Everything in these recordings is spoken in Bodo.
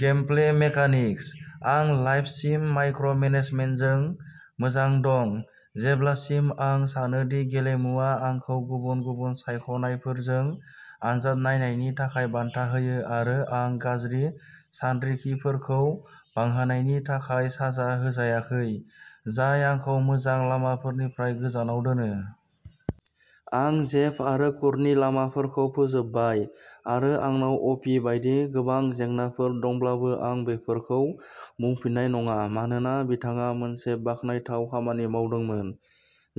Gameplay mechanics. आं लाइफ सिम माइक्र' मेनेजमेन्टजों मोजां दं, जेब्लासिम आं सानो दि गेलेमुआ आंखौ गुबुन गुबुन सायख'नायफोरजों आनजाद नायनायनि थाखाय बान्था होयो आरो आं गाज्रि सानरिखिफोरखौ बांहोनायनि थाखाय साजा होजायाखै, जाय आंखौ मोजां लामाफोरनिफ्राय गोजानाव दोनो। आं जेफ आरो कुर्टनि लामाफोरखौ फोजोबबाय आरो आंनाव अ पि बायदि गोबां जेंनाफोर दंब्लाबो आं बेफोरखौ बुंफिननाय नङा मानोना बिथाङा मोनसे बाखनायथाव खामानि मावदोंमोन,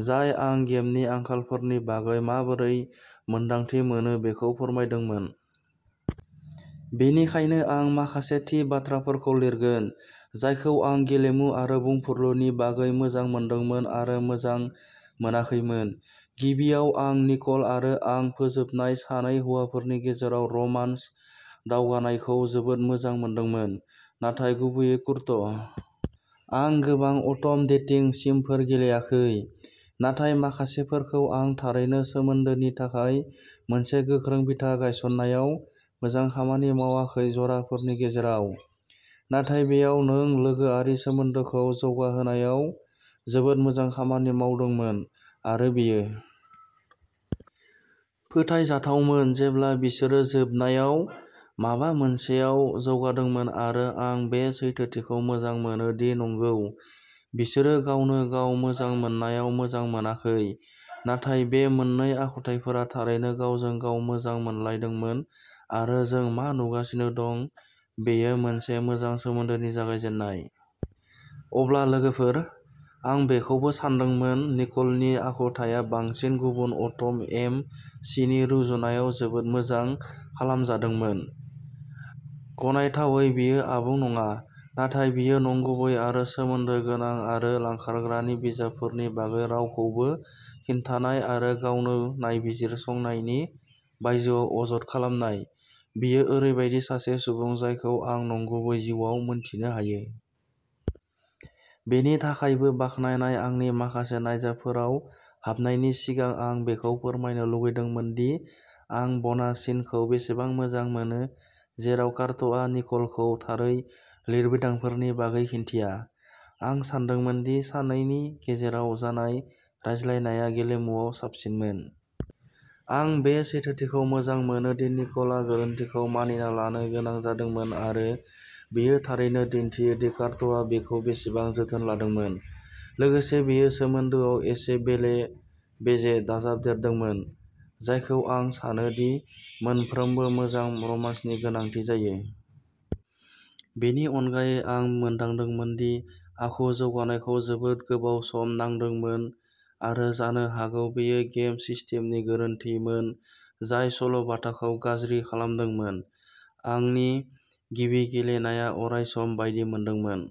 जाय आं गेमनि आंखालफोरनि बागै माबोरै मोन्दांथि मोनो बेखौ फोरमायदोंमोन। बेनिखायनो आं माखासे थि बाथ्राफोरखौ लिरगोन, जायखौ आं गेलेमु आरो बुंफुरलुनि बागै मोजां मोनदोंमोन आरो मोजां मोनाखैमोन। गिबियाव आं निक'ल आरो आं फोजोबनाय सानै हौवाफोरनि गेजेराव रमान्स दावगानायखौ जोबोद मोजां मोनदोंमोन, नाथाय गुबैयै कुर्ट। आं गोबां अट'म डेटिं सिमफोर गेलेयाखै, नाथाय माखासेफोरखौ आं थारैनो सोमोन्दोनि थाखाय मोनसे गोख्रों बिथा गायसननायाव मोजां खामानि मावाखै जराफोरनि गेजेराव। नाथाय बेयाव नों लोगोआरि सोमोन्दोखौ जौगाहोनायाव जोबोद मोजां खामानि मावदोंमोन आरो बेयो फोथायजाथावमोन जेब्ला बिसोरो जोबनायाव माबा मोनसेयाव जौगादोंमोन आरो आं बे सैथोथिखौ मोजां मोनो दि नंगौ, बिसोरो गावनो गाव मोजां मोननायाव मोजां मोनाखै, नाथाय बे मोन्नै आखुथाइफोरा थारैनो गावजों गाव मोजां मोनलायदोंमोन आरो जों मा नुगासिनो दं बेयो मोनसे मोजां सोमोन्दोनि जागायजेन्नाय। अब्ला लोगोफोर! आं बेखौबो सानदोंमोन निकोलनि आखुथाया बांसिन गुबुन अट'म एम सि नि रुजुनायाव जोबोद मोजां खालामजादोंमोन। गनायथावै बियो आबुं नङा, नाथाय बियो नंगुबै आरो सोमोन्दो गोनां आरो लांखारग्रानि बिजाबफोरनि बागै रावखौबो खिन्थानाय आरो गावनो नायबिजिरसंनायनि बायजोआव अजद खालामनाय, बियो ओरैबायदि सासे सुबुं जायखौ आं नंगुबै जिउआव मोन्थिनो हायो। बेनि थाखायबो बाख्नायनाय आंनि माखासे नायजाबफोराव हाबनायनि सिगां आं बेखौ फोरमायनो लुगैदोंमोन दि आं ब'नास सिनखौ बेसेबां मोजां मोनो जेराव कार्टआ निक'लखौ थारै लिरबिदांफोरनि बागै खिन्थिया। आं सानदोंमोन दि सानैनि गेजेराव जानाय रायज्लायनाया गेलेमुआव साबसिनमोन। आं बे सैथोथिखौ मोजां मोनो दि निक'लआ गोरोन्थिखौ मानिना लानो गोनां जादोंमोन आरो बेयो थारैनो दिन्थियो दि कार्टआ बिखौ बेसेबां जोथोन लादोंमोन। लोगोसे बेयो सोमोन्दोआव एसे बेले-बेजे दाजाबदेरदोंमोन, जायखौ आं सानो दि मोनफ्रोमबो मोजां रमान्सनि गोनांथि जायो। बेनि अनगायै आं मोनदांदोंमोन दि आखु जौगानायखौ जोबोद गोबाव सम नांदोंमोन आरो जानो हागौ बेयो गेम सिस्टेमनि गोरोन्थिमोन जाय सल'बाथाखौ गाज्रि खालामदोंमोन। आंनि गिबि गेलेनाया अरायसम बायदि मोनदोंमोन।